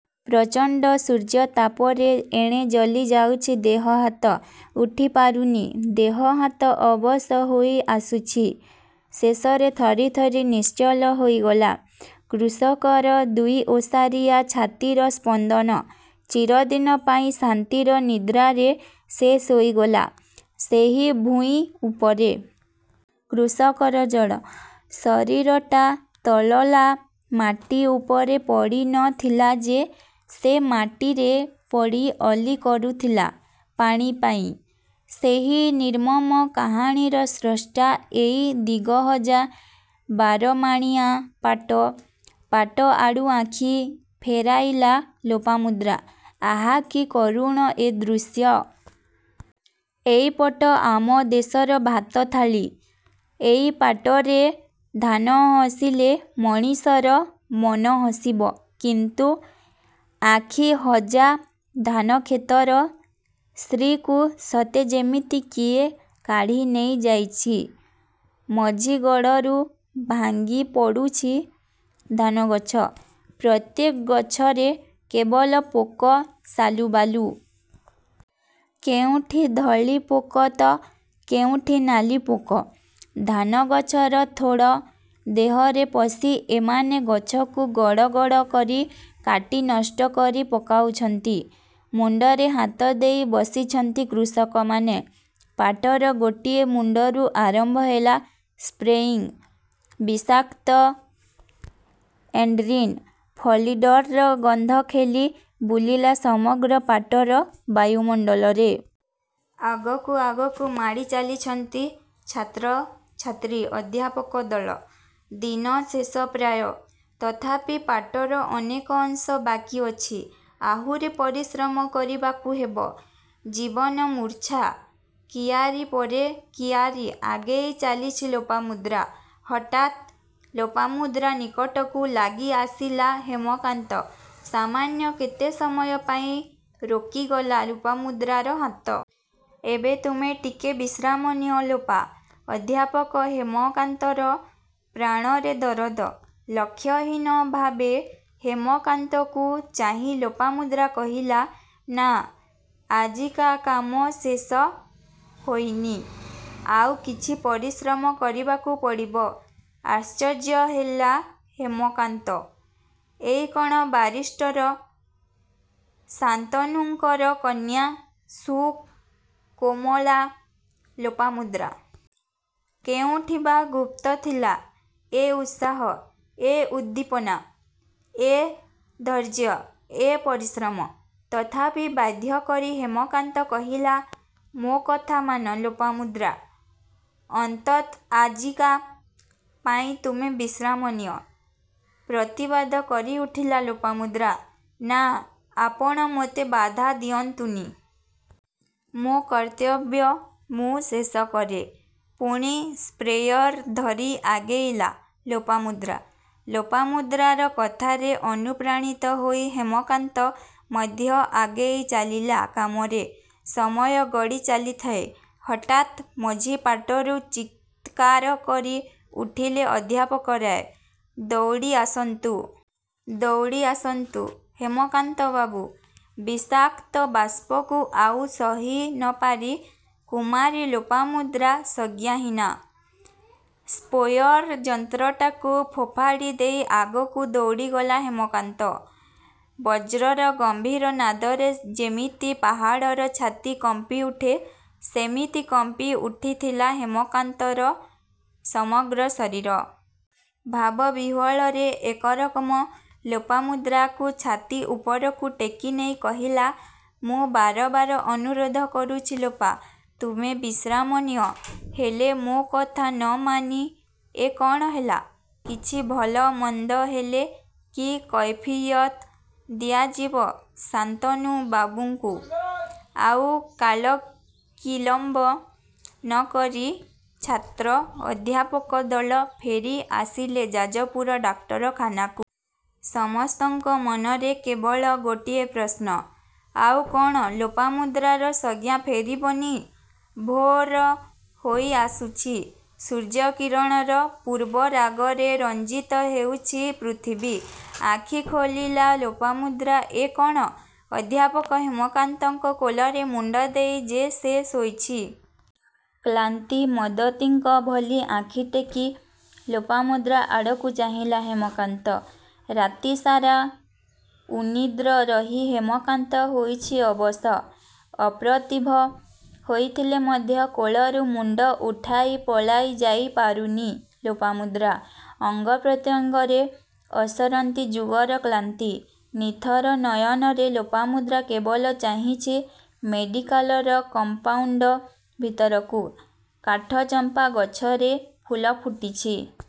ପ୍ରଚଣ୍ଡ ସୂର୍ଯ୍ୟ ତାପରେ ଏଣେ ଜଳି ଯାଉଛି ଦେହ ହାତ। ଉଠି ପାରୁନି। ଦେହ ହାତ ଅବଶ ହୋଇ ଆସୁଛି। ଶେଷରେ ଥରି ଥରି ନିଶ୍ଚଳ ହୋଇଗଲା କୃଷକର ଦୁଇ ଓସାରିଆ ଛାତିର ସ୍ପନ୍ଦନ। ଚିରଦିନ ପାଇଁ ଶାନ୍ତିର ନିଦ୍ରାରେ ସେ ଶୋଇଗଲା ସେହି ଭୂଇଁ ଉପରେ। କୃଷକର ଜଡ ଶରୀରଟା ତଳଲା ମାଟି ଉପରେ ପଡ଼ି ନ ଥିଲା ଯେ-ସେ ମାଟିରେ ପଡ଼ି ଅଳି କରୁଥିଲା ପାଣି ପାଇଁ।। ସେହି ନିର୍ମମ କାହାଣୀର ସ୍ରଷ୍ଟା ଏଇ ଦିଗହଜା ବାରମାଣିଆଁ ପାଟ। ପାଟ ଆଡ଼ୁ ଆଖି ଫେରାଇଲା ଲୋପାମୁଦ୍ରା। ଆହା କି କରୁଣ ଏ ଦୃଶ୍ୟ। ଏଇ ପାଟ ଆମ ଦେଶର ଭାତ ଥାଳି। ଏଇ ପାଟରେ ଧାନ ହସିଲେ ମଣିଷର ମନ ହସିବ, କିନ୍ତୁ ଆଖି ହଜା ଧାନକ୍ଷେତର ଶ୍ରୀକୁ ସତେ ଯେମିତି କିଏ କାଢି ନେଇ ଯାଇଛି, ମଝିଗଡ଼ରୁ ଭାଙ୍ଗି ପଡ଼ୁଛି ଧାନଗଛ। ପ୍ରତ୍ୟେକ ଗଛରେ କେବଳ ପୋକ ସାଲୁବାଲୁ। କେଉଁଠି ଧଳି ପୋକତ କେଉଁଠି ନାଲି ପୋକ। ଧାନ ଗଛର ଥୋଡ଼ ଦେହରେ ପଶି ଏମାନେ ଗଛକୁ ଗଡ଼ ଗଡ଼ କରି କାଟି ନଷ୍ଟ କରି ପକାଉଛନ୍ତି। ମୁଣ୍ଡରେ ହାତ ଦେଇ ବସିଛନ୍ତି କୃଷକମାନେ। ପାଟର ଗୋଟିଏ ମୁଣ୍ଡରୁ ଆରମ୍ଭ ହେଲା ସ୍ପ୍ରେୟିଂ। ବିଷାକ୍ତ ଏନ୍ଡ୍ରିନ୍, ଫଲିଡ଼ଲର ଗନ୍ଧ ଖେଳି ବୁଲିଲା ସମଗ୍ର ପାଟର ବାୟୁମଣ୍ଡଳରେ। ଆଗକୁ ଆଗକୁ ମାଡ଼ି ଚାଳିଛନ୍ତି ଛାତ୍ର, ଛାତ୍ରୀ ଅଧ୍ୟାପକ ଦଳ। ଦିନ ଶେଷ ପ୍ରାୟ। ତଥାପି ପାଟର ଅନେକ ଅଂଶ ବାକି ଅଛି। ଆହୁରି ପରିଶ୍ରମ କରିବାକୁ ହେବ। ଜୀବନମୂର୍ଚ୍ଛା କିଆରୀ ପରେ କିଆରୀ ଆଗେଇ ଚାଲିଛି ଲୋପାମୁଦ୍ରା। ହଠାତ୍ ଲୋପାମୁଦ୍ରା ନିକଟକୁ ଲାଗି ଆସିଲା ହେମକାନ୍ତ ସାମାନ୍ୟ କେତେ ସମୟ ପାଇଁ ରୋକିଗଲା ଲୋପାମୁଦ୍ରାର ହାତ। ''ଏବେ ତୁମେ ଟିକେ ବିଶ୍ରାମ ନିଅ ଲୋପା। '' ଅଧ୍ୟାପକ ହେମକାନ୍ତର ପ୍ରାଣରେ ଦରଦ-। ଲକ୍ଷ୍ୟହୀନ ଭାବେ ହେମକାନ୍ତକୁ ଚାହିଁ ଲୋପାମୁଦ୍ରା କହିଲା.. ''ନାଁ, ଆଜିକା କାମ ଶେଷ ହୋଇନି। ଆଉ କିଛି ପରିଶ୍ରମ କରିବାକୁ ହେବ। '' ଆଶ୍ଚର୍ଯ୍ୟ ହେଲା ହେମକାନ୍ତ। ଏଇ କ'ଣ ବାରିଷ୍ଟର ଶାନ୍ତନୁଙ୍କର କନ୍ୟା ସୁକୋମଳା ଲୋପାମୁଦ୍ରା? କେଉଁଠି ବା ଗୁପ୍ତ ଥିଲା ଏ ଉତ୍ସାହ, ଏ ଉଦ୍ଦୀପନା, ଏ ଧୈର୍ଯ୍ୟ, ଏ ପରିଶ୍ରମ? ତଥାପି ବାଧ୍ୟ କରି ହେମକାନ୍ତ କହିଲା-''ମୋ କଥା ମାନ ଲୋପାମୁଦ୍ରା! ଅନ୍ତତ୍ଆଜିକା ପାଇଁ ତୁମେ ବିଶ୍ରାମ ନିଅ। '' ପ୍ରତିବାଦ କରିଉଠିଲା ଲୋପାମୁଦ୍ରା। ''ନାଁ, ଆପଣ ମୋତେ ବାଧା ଦିଅନ୍ତୁ ନି। ମୋ କର୍ତ୍ତବ୍ୟ ମୁଁ ଶେଷ କରେ। '' ପୁଣି ସ୍ପ୍ରେୟର ଧରି ଆଗେଇଲା ଲୋପାମୁଦ୍ରା। ଲୋପାମୁଦ୍ରାର କଥାରେ ଅନୁପ୍ରାଣିତ ହୋଇ ହେମକାନ୍ତ ମଧ୍ୟ ଆଗେଇ ଚାଲିଲା କାମରେ। ସମୟ ଗଡ଼ି ଚାଲିଥାଏ। ହଠାତ୍ ମଝି ପାଟରୁ ଚିତ୍କାର କରି ଉଠିଲେ ଅଧ୍ୟାପକ ରାୟ। ''ଦୌଡ଼ି ଆସନ୍ତୁ.. ଦୌଡ଼ି ଆସନ୍ତୁ ହେମକାନ୍ତ ବାବୁ! ବିଷାକ୍ତ ବାଷ୍ପକୁ ଆଉ ସହି ନ ପାରି କୁମାରୀ ଲୋପାମୁଦ୍ରା ସଂଜ୍ଞାହୀନା-। '' ସ୍ପୋୟର ଯନ୍ତ୍ରଟାକୁ ଫୋପାଡ଼ି ଦେଇ ଆଗକୁ ଦୌଡ଼ିଗଲା ହେମକାନ୍ତ। ବଜ୍ରର ଗମ୍ଭୀର ନାଦରେ ଯେମିତି ପାହାଡ଼ର ଛାତି କମ୍ପି ଉଠେ, ସେମିତି କମ୍ପି ଉଠିଥିଲା-ହେମକାନ୍ତର ସମଗ୍ର ଶରୀର। ଭାବବିହ୍ୱଳରେ ଏକରକମ ଲୋପାମୁଦ୍ରାକୁ ଛାତିଉପରକୁ ଟେକି ନେଇ କହିଲା-''ମୁଁ ବାର ବାର ଅନୁରୋଧ କରୁଛି ଲୋପା! ତୁମେ ବିଶ୍ରାମ ନିଅ। ହେଲେ ମୋ କଥା ନ ମାନି ଏ କ'ଣ ହେଲା? କିଛି ଭଲ ମନ୍ଦ ହେଲେ, କି କୈଫିୟତ ଦିଆଯିବ ଶାନ୍ତନୁ ବାବୁଙ୍କୁ? '' ଆଉ କାଳକିଳମ୍ବ ନ କରି ଛାତ୍ର, ଅଧ୍ୟାପକ ଦଳ ଫେରି ଆସିଲେ ଯାଜପୁର ଡାକ୍ତର ଖାନାକୁ। ସମସ୍ତଙ୍କ ମନରେ କେବଳ ଗୋଟିଏ ପ୍ରଶ୍ନ ''ଆଉ କ'ଣ ଲୋପାମୁଦ୍ରାର ସଂଜ୍ଞା ଫେରିବ ନି? '' ଭୋର ହୋଇ ଆସୁଛି। ସୂର୍ଯ୍ୟକିରଣର ପୂର୍ବରାଗରେ ରଞ୍ଚିତ ହେଉଛି ପୃଥିବୀ। ଆଖି ଖୋଲିଲା ଲୋପାମୁଦ୍ରା। ଏ କ'ଣ? ଅଧ୍ୟାପକ ହେମକାନ୍ତଙ୍କ କୋଳରେ ମୁଣ୍ଡ ଦେଇ ଯେ ସେ ଶୋଇଛି! କ୍ଲାନ୍ତି ମଦତିଙ୍କ ଭଳି ଆଖିଟେକି ଲୋପାମୁଦ୍ରା ଆଡ଼କୁ ଚାହିଁଲା ହେମକାନ୍ତ। ରାତିସାରା ଉନିଦ୍ର ରହି ହେମକାନ୍ତ ହୋଇଛି ଅବଶ। ଅପ୍ରତିଭ ହୋଇଥିଲେ ମଧ୍ୟ କୋଳରୁ ମୁଣ୍ଡ ଉଠାଇ ପଳାଇ ଯାଇ ପାରୁନି ଲୋପାମୁଦ୍ରା-। ଅଙ୍ଗପ୍ରତ୍ୟଙ୍ଗରେ ଅସରନ୍ତି ଯୁଗର କ୍ଲାନ୍ତି। ନିଥର ନୟନରେ ଲୋପାମୁଦ୍ରା କେବଳ ଚାହିଁଛି ମେଡିକାଲର କମ୍ପାଉଣ୍ଡ ଭିତରକୁ। କାଠଚମ୍ପା ଗଛରେ ଫୁଲ ଫୁଟିଛି।